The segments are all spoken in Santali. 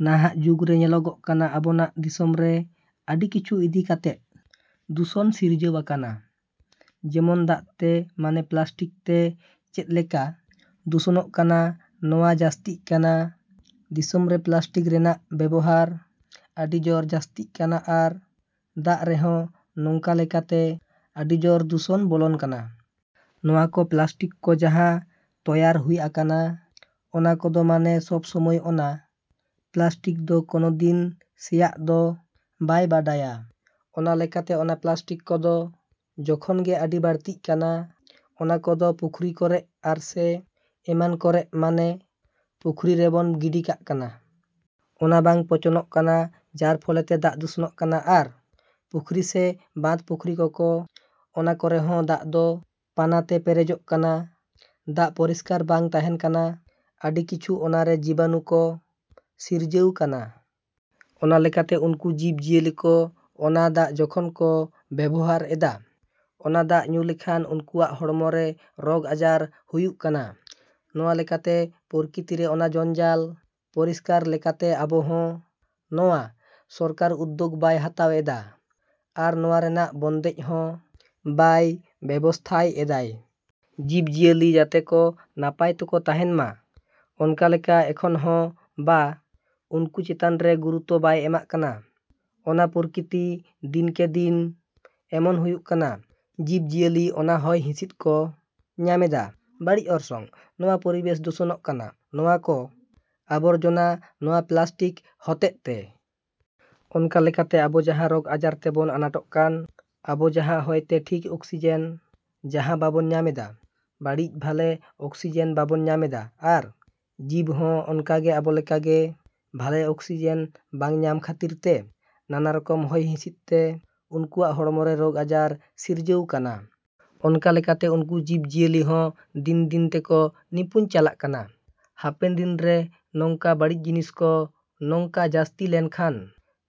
ᱱᱟᱦᱟᱜ ᱡᱩᱜᱽᱨᱮ ᱧᱮᱞᱚᱜᱚᱜ ᱠᱟᱱᱟ ᱟᱵᱚᱱᱟᱜ ᱫᱤᱥᱚᱢᱨᱮ ᱟᱹᱰᱤ ᱠᱤᱪᱷᱩ ᱤᱫᱤ ᱠᱟᱛᱮᱜ ᱫᱩᱥᱚᱱ ᱥᱤᱨᱡᱟᱹᱣ ᱟᱠᱟᱱᱟ᱾ ᱡᱮᱢᱚᱱ ᱫᱟᱜ ᱛᱮ, ᱢᱟᱱᱮ ᱯᱞᱟᱥᱴᱤᱠ ᱛᱮ ᱪᱮᱫ ᱞᱮᱠᱟ ᱫᱩᱥᱚᱱᱚᱜ ᱠᱟᱱᱟ ᱱᱚᱣᱟ ᱡᱟᱹᱥᱛᱤᱜ ᱠᱟᱱᱟ᱾ ᱫᱤᱥᱚᱢᱨᱮ ᱯᱞᱟᱥᱴᱤᱠ ᱨᱮᱱᱟᱜ ᱵᱮᱵᱚᱦᱟᱨ ᱟᱹᱰᱤ ᱡᱚᱨ ᱡᱟᱹᱥᱛᱤᱜ ᱠᱟᱱᱟ ᱟᱨ ᱫᱟᱜ ᱨᱮᱦᱚᱸ ᱱᱚᱝᱠᱟ ᱞᱮᱠᱟᱛᱮ ᱟᱹᱰᱤ ᱡᱚᱨ ᱫᱩᱥᱚᱱ ᱵᱚᱞᱚᱱ ᱠᱟᱱᱟ᱾ ᱱᱚᱣᱟ ᱠᱚ ᱯᱞᱟᱥᱴᱤᱠ ᱠᱚ ᱡᱟᱦᱟᱸ ᱛᱚᱭᱟᱨ ᱦᱩᱭ ᱟᱠᱟᱱᱟ ᱚᱱᱟ ᱠᱚᱫᱚ ᱢᱟᱱᱮ ᱥᱚᱵ ᱥᱚᱢᱚᱭ ᱚᱱᱟ ᱯᱞᱟᱥᱴᱤᱠ ᱫᱚ ᱠᱚᱱᱚ ᱫᱤᱱ ᱥᱮᱭᱟᱜ ᱫᱚ ᱵᱟᱭ ᱵᱟᱰᱟᱭᱟ᱾ ᱚᱱᱟ ᱞᱮᱠᱟᱛᱮ ᱚᱱᱟ ᱯᱞᱟᱥᱴᱤᱠ ᱠᱚᱫᱚ ᱡᱚᱠᱷᱚᱱᱜᱮ ᱟᱹᱰᱤ ᱵᱟᱹᱲᱛᱤᱜ ᱠᱟᱱᱟ ᱚᱱᱟ ᱠᱚᱫᱚ ᱯᱩᱠᱷᱨᱤ ᱠᱚᱨᱮᱜ ᱟᱨ ᱥᱮ ᱮᱢᱟᱱ ᱠᱚᱨᱮᱜ ᱢᱟᱱᱮ ᱯᱩᱠᱷᱨᱤ ᱨᱮᱵᱚᱱ ᱜᱤᱰᱤ ᱠᱟᱜ ᱠᱟᱱᱟ᱾ ᱚᱱᱟ ᱵᱟᱝ ᱯᱚᱪᱚᱱᱚᱜ ᱠᱟᱱᱟ ᱡᱟᱨ ᱯᱷᱚᱞᱮᱛᱮ ᱫᱟᱜ ᱫᱩᱥᱚᱱᱚᱜ ᱠᱟᱱᱟ ᱟᱨ ᱯᱩᱠᱷᱨᱤ ᱥᱮ ᱵᱟᱸᱫᱷ ᱯᱩᱠᱷᱨᱤ ᱠᱚᱠᱚ ᱚᱱᱟ ᱠᱚᱨᱮ ᱦᱚᱸ ᱫᱟᱜ ᱫᱚ ᱯᱟᱱᱟᱛᱮ ᱯᱮᱨᱮᱡᱚᱜ ᱠᱟᱱᱟ᱾ ᱫᱟᱜ ᱯᱚᱨᱤᱥᱠᱟᱨ ᱵᱟᱝ ᱛᱟᱦᱮᱱ ᱠᱟᱱᱟ, ᱟᱹᱰᱤ ᱠᱤᱪᱷᱩ ᱚᱱᱟᱨᱮ ᱡᱤᱵᱟᱱᱩ ᱠᱚ ᱥᱤᱨᱡᱟᱹᱣ ᱠᱟᱱᱟ᱾ ᱚᱱᱟ ᱞᱮᱠᱟᱛᱮ ᱩᱱᱠᱩ ᱡᱤᱵᱽ ᱡᱤᱭᱟᱹᱞᱤ ᱠᱚ ᱚᱱᱟ ᱫᱟᱜ ᱡᱚᱠᱷᱚᱱ ᱠᱚ ᱵᱮᱵᱚᱦᱟᱨᱮᱫᱟ, ᱚᱱᱟ ᱫᱟᱜ ᱠᱚ ᱧᱩ ᱞᱮᱠᱷᱟᱱ ᱩᱱᱠᱩᱣᱟᱜ ᱦᱚᱲᱢᱚᱨᱮ ᱨᱚᱜᱽ ᱟᱡᱟᱨ ᱦᱩᱭᱩᱜ ᱠᱟᱱᱟ᱾ ᱱᱚᱣᱟ ᱞᱮᱠᱟᱛᱮ ᱯᱚᱨᱠᱤᱛᱤᱨᱮ ᱚᱱᱟ ᱡᱚᱧᱡᱟᱞ ᱯᱚᱨᱤᱥᱠᱟᱨ ᱞᱮᱠᱟᱛᱮ ᱟᱵᱚ ᱦᱚᱸ ᱱᱚᱣᱟ ᱥᱚᱨᱠᱟᱨ ᱩᱫᱽᱫᱚᱜᱽ ᱵᱟᱭ ᱦᱟᱛᱟᱣᱮᱫᱟ ᱟᱨ ᱱᱚᱣᱟ ᱨᱮᱱᱟᱜ ᱵᱚᱱᱫᱮᱡᱽ ᱦᱚᱸ ᱵᱟᱭ ᱵᱮᱵᱚᱥᱛᱷᱟᱭᱮᱫᱟᱭ᱾ ᱡᱤᱵᱽ ᱡᱤᱭᱟᱹᱞᱤ ᱡᱟᱛᱮ ᱠᱚ ᱱᱟᱯᱟᱭ ᱛᱮᱠᱚ ᱛᱟᱦᱮᱱ ᱢᱟ ᱚᱱᱠᱟ ᱞᱮᱠᱟ ᱮᱠᱷᱚᱱ ᱦᱚᱸ ᱵᱟ ᱩᱱᱠᱩ ᱪᱮᱛᱟᱱ ᱨᱮ ᱜᱩᱨᱩᱛᱚ ᱵᱟᱭ ᱮᱢᱟᱜ ᱠᱟᱱᱟ᱾ ᱚᱱᱟ ᱯᱚᱨᱠᱤᱛᱤ ᱫᱤᱱ ᱠᱮ ᱫᱤᱱ ᱮᱢᱚᱱ ᱦᱩᱭᱩᱜ ᱠᱟᱱᱟ ᱡᱤᱵᱽ ᱡᱤᱭᱟᱹᱞᱤ ᱚᱱᱟ ᱦᱚᱭ ᱦᱤᱸᱥᱤᱫ ᱠᱚ ᱧᱟᱢᱮᱫᱟ, ᱵᱟᱹᱲᱤᱡ ᱚᱨᱥᱚᱝ ᱱᱚᱣᱟ ᱯᱚᱨᱤᱵᱮᱥ ᱫᱩᱥᱚᱱᱚᱜ ᱠᱟᱱᱟ ᱱᱚᱣᱟ ᱠᱚ ᱟᱵᱚᱨᱡᱚᱱᱟ ᱱᱚᱣᱟ ᱯᱞᱟᱥᱴᱤᱠ ᱦᱚᱛᱮᱫ ᱛᱮ᱾ ᱚᱱᱠᱟ ᱞᱮᱠᱟᱛᱮ ᱟᱵᱚ ᱡᱟᱦᱟᱸ ᱨᱚᱜᱽ ᱟᱡᱟᱨ ᱛᱮᱵᱚᱱ ᱟᱱᱟᱴᱚᱜ ᱠᱟᱱ, ᱟᱵᱚ ᱡᱟᱦᱟᱸ ᱦᱚᱭᱛᱮ ᱴᱷᱤᱠ ᱚᱠᱥᱤᱡᱮᱱ ᱡᱟᱦᱟᱸ ᱵᱟᱵᱚᱱ ᱧᱟᱢᱮᱫᱟ, ᱵᱟᱹᱲᱤᱡ ᱵᱷᱟᱞᱮ ᱚᱠᱥᱤᱡᱮᱱ ᱵᱟᱵᱚᱱ ᱧᱟᱢᱮᱫᱟ ᱟᱨ ᱡᱤᱵᱽ ᱦᱚᱸ ᱚᱱᱠᱟᱜᱮ ᱟᱵᱚ ᱞᱮᱠᱟᱜᱮ ᱵᱷᱟᱞᱮ ᱚᱠᱥᱤᱡᱮᱱ ᱵᱟᱝ ᱧᱟᱢ ᱠᱷᱟᱹᱛᱤᱨ ᱛᱮ ᱱᱟᱱᱟ ᱨᱚᱠᱚᱢ ᱦᱚᱭ ᱦᱤᱸᱥᱤᱫ ᱛᱮ ᱩᱱᱠᱩᱣᱟᱜ ᱦᱚᱲᱢᱚᱨᱮ ᱨᱚᱜᱽ ᱟᱡᱟᱨ ᱥᱤᱨᱡᱟᱹᱜ ᱠᱟᱱᱟ᱾ ᱚᱱᱠᱟ ᱞᱮᱠᱟᱛᱮ ᱩᱱᱠᱩ ᱡᱤᱵᱽ ᱡᱤᱭᱟᱹᱞᱤ ᱦᱚᱸ ᱫᱤᱱ ᱫᱤᱱ ᱛᱮᱠᱚ ᱱᱤᱯᱩᱡ ᱪᱟᱞᱟᱜ ᱠᱟᱱᱟ᱾ ᱦᱟᱯᱮᱱ ᱫᱤᱱ ᱨᱮ ᱱᱚᱝᱠᱟ ᱵᱟᱹᱲᱤᱡ ᱡᱤᱱᱤᱥ ᱠᱚ ᱱᱚᱝᱠᱟ ᱡᱟᱹᱥᱛᱤ ᱞᱮᱱᱠᱷᱟᱱ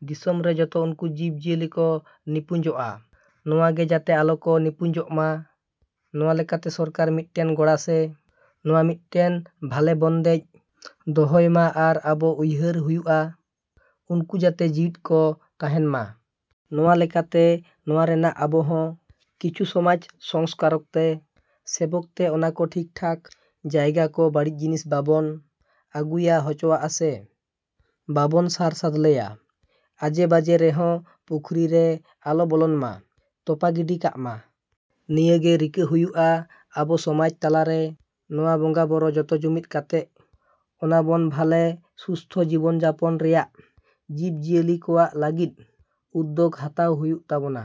ᱫᱤᱥᱚᱢᱨᱮ ᱡᱚᱛᱚ ᱩᱱᱠᱩ ᱡᱤᱵᱽ ᱡᱤᱭᱟᱹᱞᱤ ᱠᱚ ᱱᱤᱯᱩᱡᱚᱜᱼᱟ᱾ ᱱᱚᱣᱟᱜᱮ ᱡᱟᱛᱮ ᱟᱞᱚ ᱠᱚ ᱱᱤᱯᱩᱡᱚᱜᱼᱢᱟ ᱱᱚᱣᱟ ᱞᱮᱠᱟᱛᱮ ᱥᱚᱨᱠᱟᱨ ᱢᱤᱫᱴᱮᱱ ᱜᱚᱲᱚ ᱥᱮ ᱱᱚᱣᱟ ᱢᱤᱫᱴᱮᱱ ᱵᱷᱟᱞᱮ ᱵᱚᱱᱫᱮᱡᱽ ᱫᱚᱦᱚᱭ ᱢᱟ ᱟᱨ ᱟᱵᱚ ᱩᱭᱦᱟᱹᱨ ᱦᱩᱭᱩᱜᱼᱟ ᱩᱱᱠᱩ ᱡᱟᱛᱮ ᱡᱤᱣᱤᱛ ᱠᱚ ᱛᱟᱦᱮᱱ ᱢᱟ᱾ ᱱᱚᱣᱟ ᱞᱮᱠᱟᱛᱮ ᱱᱚᱣᱟ ᱨᱮᱱᱟᱜ ᱟᱵᱚ ᱦᱚᱸ ᱠᱤᱪᱷᱩ ᱥᱚᱢᱟᱡᱽ ᱥᱚᱝᱥᱠᱟᱨᱚᱠ ᱛᱮ ᱥᱮᱵᱚᱠ ᱛᱮ ᱚᱱᱟ ᱠᱚ ᱴᱷᱤᱠ ᱴᱷᱟᱠ ᱡᱟᱭᱜᱟ ᱠᱚ ᱵᱟᱹᱲᱤᱡ ᱡᱤᱱᱤᱥ ᱵᱟᱵᱚᱱ ᱟᱹᱜᱩᱭᱟ ᱦᱚᱪᱚᱜᱼᱟ ᱥᱮ ᱵᱟᱵᱚᱱ ᱥᱟᱨ ᱥᱟᱫᱞᱮᱭᱟ ᱟᱡᱮ ᱵᱟᱡᱮ ᱨᱮᱦᱚᱸ ᱯᱩᱠᱷᱨᱤ ᱨᱮ ᱟᱞᱚ ᱵᱚᱞᱚᱱ ᱢᱟ, ᱛᱚᱯᱟ ᱜᱤᱰᱤ ᱠᱟᱜ ᱢᱟ᱾ ᱱᱤᱭᱟᱹᱜᱮ ᱨᱤᱠᱟᱹ ᱦᱩᱭᱩᱜᱼᱟ ᱟᱵᱚ ᱥᱚᱢᱟᱡᱽ ᱛᱟᱞᱟᱨᱮ ᱱᱚᱣᱟ ᱵᱚᱸᱜᱟ ᱵᱚᱨᱚ ᱡᱚᱛᱚ ᱡᱩᱢᱤᱫ ᱠᱟᱛᱮᱜ ᱚᱱᱟ ᱵᱚᱱ ᱵᱷᱟᱞᱮ ᱥᱩᱥᱛᱷᱚ ᱡᱤᱵᱚᱱ ᱡᱟᱯᱚᱱ ᱨᱮᱭᱟᱜ ᱡᱤᱵᱽ ᱡᱤᱭᱟᱹᱞᱤ ᱠᱚᱣᱟᱜ ᱞᱟᱹᱜᱤᱫ ᱩᱫᱽᱫᱚᱜᱽ ᱦᱟᱛᱟᱣ ᱦᱩᱭᱩᱜ ᱛᱟᱵᱚᱱᱟ᱾।